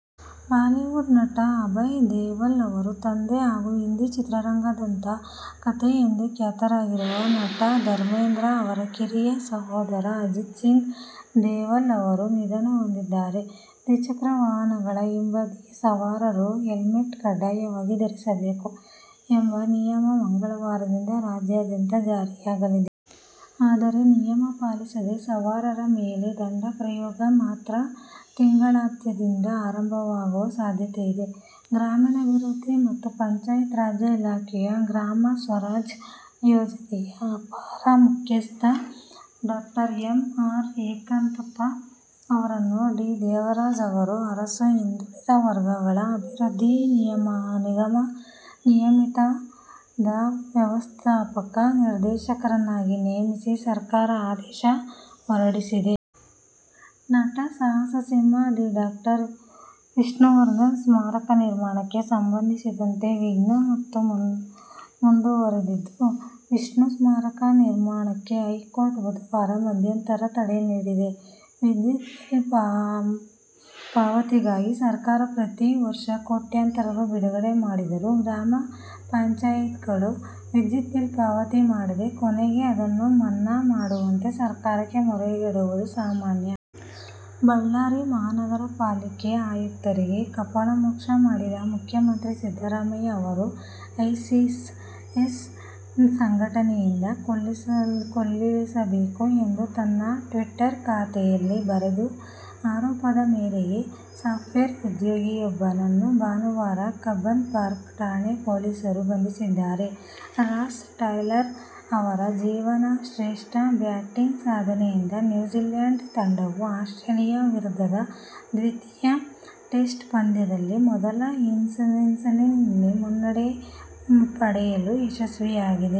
Bollywood ನಟ ಅಭಯ್ ದೇವಲ್ ಅವರ ತಂದೆ ಹಾಗೂ ಹಿಂದಿ ಚಿತ್ರರಂಗ ದಂತ ಕಥೆ ಎಂದೇ ಖ್ಯಾತರಾಗಿರುವ ನಟ ಧರ್ಮೇಂದ್ರ ಅವರ ಕಿರಿಯ ಸಹೋದರ ಅಜಿತ್ ಸಿಂಗ್ ದೇವಲ್ ಅವರು ನಿಧನ ಹೊಂದಿದ್ದಾರೆ. ದ್ವಿಚಕ್ರ ವಾಹನಗಳ ಹಿಂಬದಿ ಸವಾರರೂ ಹೆಲ್ಮೆಟ್ ಕಡ್ಡಾಯವಾಗಿ ಧರಿಸಬೇಕು ಎಂಬ ನಿಯಮ ಮಂಗಳವಾರದಿಂದ ರಾಜ್ಯಾದ್ಯಂತ ಜಾರಿಯಾಗಲಿದೆ. ಆದರೆ, ನಿಯಮ ಪಾಲಿಸದ ಸವಾರರ ಮೇಲೆ "ದಂಡ ಪ್ರಯೋಗ' ಮಾತ್ರ ತಿಂಗಳಾಂತ್ಯದಿಂದ ಆರಂಭವಾಗುವ ಸಾಧ್ಯತೆಯಿದೆ. ಗ್ರಾಮೀಣಾಭಿವೃದ್ಧಿ ಮತ್ತು ಪಂಚಾಯತ್ ರಾಜ್ಯ ಇಲಾಖೆಯ ಗ್ರಾಮ ಸ್ವರಾಜ್ ಯೋಜನೆಯ ಅಪರ ಮುಖ್ಯಸ್ಥ ಡಾ. ಎಂ. ಆರ್. ಏಕಾಂತಪ್ಪ ಅವರನ್ನು ಡಿ. ದೇವರಾಜ್ ಅರಸು ಹಿಂದುಳಿದ ವರ್ಗಗಳ ಅಭಿವೃದ್ಧಿ ನಿಗಮ ನಿಯಮಿತದ ವ್ಯವಸ್ಥಾಪಕ ನಿರ್ದೇಶಕರನ್ನಾಗಿ ನೇಮಿಸಿ ಸರ್ಕಾರ ಆದೇಶ ಹೊರಡಿಸಿದೆ. ನಟ ಸಾಹಸ ಸಿಂಹ ದಿ. ಡಾ. ವಿಷ್ಣುವರ್ಧನ್ ಸ್ಮಾರಕ ನಿರ್ಮಾಣಕ್ಕೆ ಸಂಬಂಧಿಸಿದಂತೆ ವಿಘ್ನ ಮತ್ತೆ ಮುಂದುವರಿದಿದ್ದು, ವಿಷ್ಣು ಸ್ಮಾರಕ ನಿರ್ಮಾಣಕ್ಕೆ ಹೈಕೋರ್ಟ್ ಬುಧವಾರ ಮಧ್ಯಂತರ ತಡೆ ನೀಡಿದೆ. ವಿದ್ಯುತ್ ಬಿಲ್ ಪಾವತಿಗಾಗಿ ಸರ್ಕಾರ ಪ್ರತಿ ವರ್ಷ ಕೋಟ್ಯಂತರ ರೂ. ಬಿಡುಗಡೆ ಮಾಡಿದರೂ ಗ್ರಾಮ ಪಂಚಾಯತ್ಗಳು ವಿದ್ಯುತ್ ಬಿಲ್ ಪಾವತಿ ಮಾಡದೆ, ಕೊನೆಗೆ ಅದನ್ನು ಮನ್ನಾ ಮಾಡುವಂತೆ ಸರ್ಕಾರಕ್ಕೆ ಮೊರೆ ಇಡುವುದು ಸಾಮಾನ್ಯ. ಬಳ್ಳಾರಿ ಮಹಾನಗರ ಪಾಲಿಕೆ ಆಯುಕ್ತರಿಗೆ ಕಪಾಳ ಮೋಕ್ಷ ಮಾಡಿದ ಮುಖ್ಯಮಂತ್ರಿ ಸಿದ್ಧರಾಮಯ್ಯ ಅವರನ್ನು ಐಸಿಸ್ ಸಂಘಟನೆಯಿಂದ ಕೊಲ್ಲಿಸಬೇಕು ಎಂದು ತನ್ನ ಟ್ವೀಟರ್ ಖಾತೆಯಲ್ಲಿ ಬರೆದ ಆರೋಪದ ಮೇರೆಗೆ ಸಾಫ್ಟ್ವೇರ್ ಉದ್ಯೋಗಿಯೊಬ್ಬನನ್ನು ಭಾನುವಾರ ಕಬ್ಬನ್ ಪಾರ್ಕ್ ಠಾಣೆ ಪೊಲೀಸರು ಬಂಧಿಸಿದ್ದಾರೆ. ರಾಸ್ ಟಯ್ಲರ್ ಅವರ ಜೀವನಶ್ರೇಷ್ಠ ಬ್ಯಾಟಿಂಗ್ ಸಾಧನೆಯಿಂದ ನ್ಯೂಜಿಲ್ಯಾಂಡ್ ತಂಡವು ಆಸ್ಟ್ರೇಲಿಯ ವಿರುದ್ಧದ ದ್ವಿತೀಯ ಟೆಸ್ಟ್ ಪಂದ್ಯದಲ್ಲಿ ಮೊದಲ ಇನ್ನಿಂಗ್ಸ್ನಲ್ಲಿ ಮುನ್ನಡೆ ಪಡೆಯಲು ಯಶಸ್ವಿಯಾಗಿದೆ.